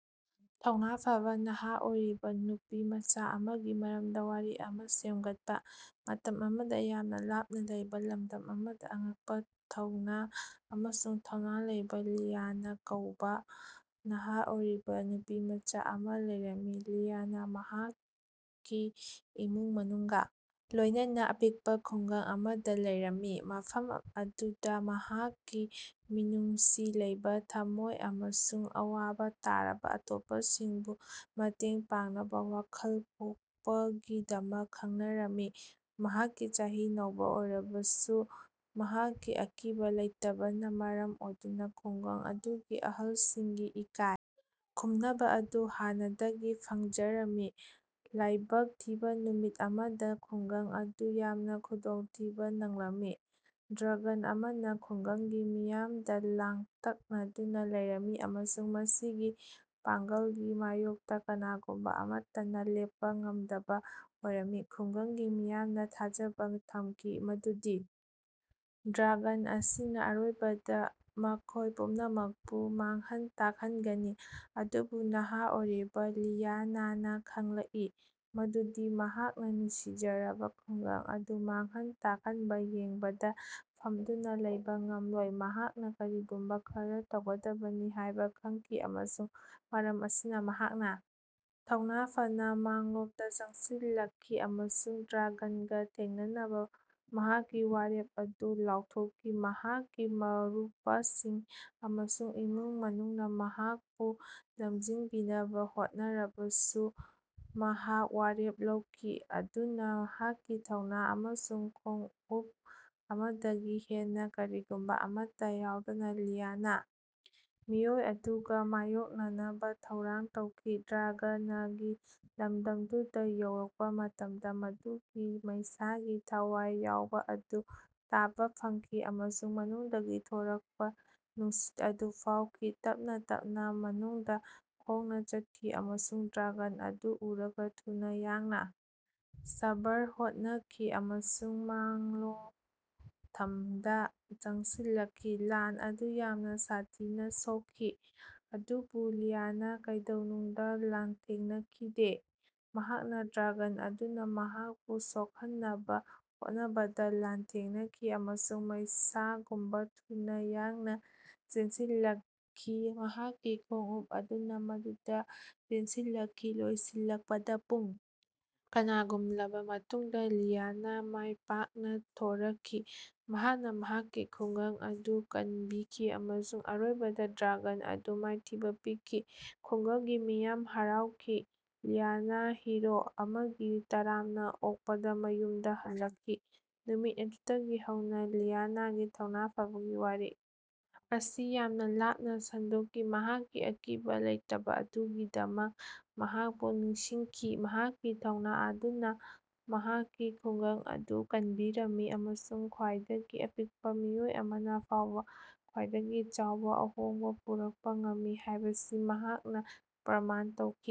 ꯊꯧꯅ ꯐꯕꯥ ꯅꯍꯥ ꯑꯣꯏꯔꯤꯕ ꯅꯨꯄꯤꯃꯆꯥ ꯑꯃꯒꯤ ꯃꯔꯝꯗ ꯋꯥꯔꯤ ꯑꯃ ꯁꯦꯝꯒꯠꯄ꯫ ꯃꯇꯝ ꯑꯃꯗ ꯌꯥꯝꯅ ꯂꯥꯞꯅ ꯂꯩꯕ ꯂꯝꯗꯝ ꯑꯃꯗ ꯑꯉꯛꯄ ꯊꯧꯅ ꯑꯃꯁꯨꯡ ꯊꯧꯅ ꯂꯩꯕ ꯂꯤꯌꯥꯅ ꯀꯧꯕ ꯅꯍꯥ ꯑꯣꯏꯔꯤꯕ ꯅꯨꯄꯤꯃꯆꯥ ꯑꯃ ꯂꯩꯔꯝꯃꯤ꯫ ꯂꯤꯌꯥꯅ ꯃꯍꯥꯛꯀꯤ ꯏꯃꯨꯡ ꯃꯅꯨꯡꯒ ꯂꯣꯏꯅꯅ ꯑꯄꯤꯛꯄ ꯈꯨꯡꯒꯪ ꯑꯃꯗ ꯂꯩꯔꯝꯃꯤ ꯃꯐꯝ ꯑꯗꯨꯗ ꯃꯍꯥꯛꯀꯤ ꯃꯤꯅꯨꯡꯁꯤ ꯂꯩꯕ ꯊꯝꯃꯣꯏ ꯑꯃꯁꯨꯡ ꯑꯋꯥꯕ ꯇꯥꯔꯕ ꯑꯇꯣꯞꯄꯁꯤꯡꯕꯨ ꯃꯇꯦꯡ ꯄꯥꯡꯅꯕ ꯋꯥꯈꯜ ꯄꯣꯛꯄꯒꯤꯗꯃꯛ ꯈꯪꯅꯔꯝꯃꯤ꯫ ꯃꯍꯥꯛꯀꯤ ꯆꯍꯤ ꯅꯧꯕ ꯑꯣꯏꯔꯕꯁꯨ ꯃꯍꯥꯛꯀꯤ ꯑꯀꯤꯕ ꯂꯩꯇꯕꯅ ꯃꯔꯝ ꯑꯣꯏꯗꯨꯅ ꯈꯨꯡꯒꯪ ꯑꯗꯨꯒꯤ ꯑꯍꯜꯁꯤꯡꯒꯤ ꯏꯀꯥꯏ ꯈꯨꯝꯅꯕ ꯑꯗꯨ ꯍꯥꯟꯅꯗꯒꯤ ꯐꯪꯖꯔꯝꯃꯤ꯫ ꯂꯥꯏꯕꯛ ꯊꯤꯕ ꯅꯨꯃꯤꯠ ꯑꯃꯗ ꯈꯨꯡꯒꯪ ꯑꯗꯨ ꯌꯥꯝꯅ ꯈꯨꯗꯣꯡꯊꯤꯕ ꯅꯪꯂꯝꯃꯤ꯫ ꯗ꯭ꯔꯒꯟ ꯑꯃꯅ ꯈꯨꯡꯒꯪꯒꯤ ꯃꯤꯌꯥꯝꯗ ꯂꯥꯡꯇꯛꯅꯗꯨꯅ ꯂꯩꯔꯝꯃꯤ ꯑꯃꯁꯨꯡ ꯃꯁꯤꯒꯤ ꯄꯥꯡꯒꯜꯒꯤ ꯃꯥꯌꯣꯛꯇ ꯀꯅꯥꯒꯨꯝꯕ ꯑꯃꯠꯇꯅ ꯂꯦꯞꯄ ꯉꯝꯗꯕ ꯑꯣꯏꯔꯝꯃꯤ꯫ ꯈꯨꯡꯒꯪꯒꯤ ꯃꯤꯌꯥꯝꯅ ꯊꯥꯖꯕ ꯊꯝꯈꯤ ꯃꯗꯨꯗꯤ ꯗ꯭ꯔꯒꯟ ꯑꯁꯤꯅ ꯑꯔꯣꯏꯕꯗ ꯃꯈꯣꯏ ꯄꯨꯝꯅꯃꯛꯄꯨ ꯃꯥꯡꯍꯟ ꯇꯥꯛꯍꯟꯒꯅꯤ꯫ ꯑꯗꯨꯕꯨ ꯅꯍꯥ ꯑꯣꯏꯔꯤꯕ ꯂꯤꯌꯥꯅꯥꯅ ꯈꯪꯂꯛꯏ ꯃꯗꯨꯗꯤ ꯃꯍꯥꯛꯅ ꯅꯨꯡꯁꯤꯖꯔꯕ ꯈꯨꯡꯒꯪ ꯑꯗꯨ ꯃꯥꯡꯍꯟ ꯇꯥꯛꯍꯟꯕ ꯌꯦꯡꯕꯗ ꯐꯝꯗꯨꯅ ꯂꯩꯕ ꯉꯝꯂꯣꯏ꯫ ꯃꯍꯥꯛꯅ ꯀꯔꯤꯒꯨꯝꯕ ꯈꯔ ꯇꯧꯒꯗꯕꯅꯤ ꯍꯥꯏꯕ ꯈꯪꯈꯤ ꯑꯃꯁꯨꯡ ꯃꯔꯝ ꯑꯁꯤꯅ ꯃꯍꯥꯛꯅ ꯊꯧꯅ ꯐꯅꯥ ꯃꯥꯡꯂꯣꯝꯗ ꯆꯪꯁꯤꯜꯂꯛꯈꯤ ꯑꯃꯁꯨꯡ ꯗ꯭ꯔꯒꯟꯒ ꯊꯦꯡꯅꯅꯕ ꯃꯍꯥꯛꯀꯤ ꯋꯥꯔꯦꯞ ꯑꯗꯨ ꯂꯥꯎꯊꯣꯛꯈꯤ꯫ ꯃꯍꯥꯛꯀꯤ ꯃꯔꯨꯄꯁꯤꯡ ꯑꯃꯁꯨꯡ ꯏꯃꯨꯡ ꯃꯅꯨꯡꯅ ꯃꯍꯥꯛꯄꯨ ꯂꯝꯖꯤꯡꯕꯤꯅꯕ ꯍꯣꯠꯅꯔꯕꯁꯨ ꯃꯍꯥꯛ ꯋꯥꯔꯦꯞ ꯂꯧꯈꯤ꯫ ꯑꯗꯨꯅ ꯃꯍꯥꯛꯀꯤ ꯊꯧꯅ ꯑꯃꯁꯨꯡ ꯈꯣꯡꯎꯞ ꯑꯃꯗꯒꯤ ꯍꯦꯟꯅ ꯀꯔꯤꯒꯨꯝꯕ ꯑꯃꯠꯇ ꯌꯥꯎꯗꯅ ꯂꯤꯌꯥꯅ ꯃꯤꯑꯣꯏ ꯑꯗꯨꯒ ꯃꯥꯌꯣꯛꯅꯅꯕꯥ ꯊꯧꯔꯥꯡ ꯇꯧꯈꯤ꯫ ꯗ꯭ꯔꯒꯅꯒꯤ ꯂꯝꯗꯝꯗꯨꯗ ꯌꯧꯔꯛꯄ ꯃꯇꯝꯗ ꯃꯗꯨꯒꯤ ꯃꯩꯁꯥꯒꯤ ꯊꯋꯥꯏ ꯌꯥꯎꯕ ꯑꯗꯨ ꯇꯥꯕ ꯐꯪꯈꯤ ꯑꯃꯁꯨꯡ ꯃꯅꯨꯡꯗꯒꯤ ꯊꯣꯔꯛꯄ ꯅꯨꯡꯁꯤꯠ ꯑꯗꯨ ꯐꯥꯎꯈꯤ꯫ ꯇꯞꯅ ꯇꯞꯅ ꯃꯅꯨꯡꯗ ꯈꯣꯡꯅ ꯆꯠꯈꯤ ꯑꯃꯁꯨꯡ ꯗ꯭ꯔꯒꯟ ꯑꯗꯨ ꯎꯔꯒ ꯊꯨꯅ ꯌꯥꯡꯅ ꯁꯕꯔ ꯍꯣꯅꯈꯤ ꯑꯃꯁꯨꯡ ꯃꯥꯡꯂꯣꯊꯝꯗ ꯆꯪꯁꯤꯜꯂꯛꯈꯤ꯫ ꯂꯥꯟ ꯑꯗꯨ ꯌꯥꯝꯅ ꯁꯥꯊꯤꯅ ꯁꯣꯛꯈꯤ ꯑꯗꯨꯕꯨ ꯂꯤꯌꯥꯅ ꯀꯩꯗꯧꯅꯨꯡꯗ ꯂꯥꯟꯊꯦꯡꯅꯈꯤꯗꯦ꯫ ꯃꯍꯥꯛꯅꯥ ꯗ꯭ꯔꯒꯟ ꯑꯗꯨꯅ ꯃꯍꯥꯛꯄꯨ ꯁꯣꯛꯍꯟꯅꯕ ꯍꯣꯠꯅꯕꯗ ꯂꯥꯟꯊꯦꯡꯅꯈꯤ ꯑꯃꯁꯨꯡ ꯃꯩꯁꯥꯒꯨꯝꯅ ꯊꯨꯅ ꯌꯥꯡꯅ ꯆꯦꯟꯁꯤꯜꯂꯛꯈꯤ ꯃꯍꯥꯛꯀꯤ ꯈꯣꯡꯎꯞ ꯑꯗꯨꯅ ꯃꯗꯨꯗ ꯆꯦꯟꯁꯤꯜꯂꯛꯈꯤ꯫ ꯂꯣꯏꯁꯤꯜꯂꯛꯄꯗ ꯄꯨꯡ ꯀꯅꯥꯒꯨꯝꯂꯕ ꯃꯇꯨꯡꯗ ꯂꯤꯌꯥꯅ ꯃꯥꯏꯄꯥꯛꯅ ꯊꯣꯔꯛꯈꯤ꯫ ꯃꯍꯥꯛꯅ ꯃꯍꯥꯛꯀꯤ ꯈꯨꯡꯒꯪ ꯑꯗꯨ ꯀꯟꯕꯤꯈꯤ ꯑꯃꯁꯨꯡ ꯑꯔꯣꯏꯕꯗ ꯗ꯭ꯔꯒꯟ ꯑꯗꯨ ꯃꯥꯏꯊꯤꯕ ꯄꯤꯈꯤ꯫ ꯈꯨꯡꯒꯪꯒꯤ ꯃꯤꯌꯥꯝ ꯍꯔꯥꯎꯈꯤ ꯂꯤꯌꯥꯅ ꯍꯤꯔꯣ ꯑꯃꯒꯤ ꯇꯔꯥꯝꯅ ꯑꯣꯛꯄꯗ ꯃꯌꯨꯝꯗ ꯍꯜꯂꯛꯈꯤ꯫ ꯅꯨꯃꯤꯠ ꯑꯗꯨꯗꯒꯤ ꯍꯧꯅ ꯂꯤꯌꯥꯅꯥꯒꯤ ꯊꯧꯅ ꯐꯕꯒꯤ ꯋꯥꯔꯤ ꯑꯁꯤ ꯌꯥꯝꯅ ꯂꯥꯞꯅ ꯁꯟꯗꯣꯛꯈꯤ ꯃꯍꯥꯛꯀꯤ ꯑꯀꯤꯕꯥ ꯂꯩꯇꯕꯥ ꯑꯗꯨꯒꯤꯗꯃꯛ ꯃꯍꯥꯛꯄꯨ ꯅꯤꯡꯁꯤꯡꯈꯤ꯫ ꯃꯍꯥꯛꯀꯤ ꯊꯧꯅ ꯑꯗꯨꯅ ꯃꯍꯥꯛꯀꯤ ꯈꯨꯡꯒꯪ ꯑꯗꯨ ꯀꯟꯕꯤꯔꯝꯃꯤ ꯑꯃꯁꯨꯡ ꯈ꯭ꯋꯥꯏꯗꯒꯤ ꯑꯄꯤꯛꯄ ꯃꯤꯑꯣꯏ ꯑꯃꯅ ꯐꯥꯎꯕ ꯈ꯭ꯋꯥꯏꯗꯒꯤ ꯆꯥꯎꯕ ꯑꯍꯣꯡꯕ ꯄꯨꯔꯛꯄ ꯉꯝꯃꯤ ꯍꯥꯏꯕꯁꯤ ꯃꯍꯥꯛꯅ ꯄꯔꯃꯥꯟ ꯇꯧꯈꯤ꯫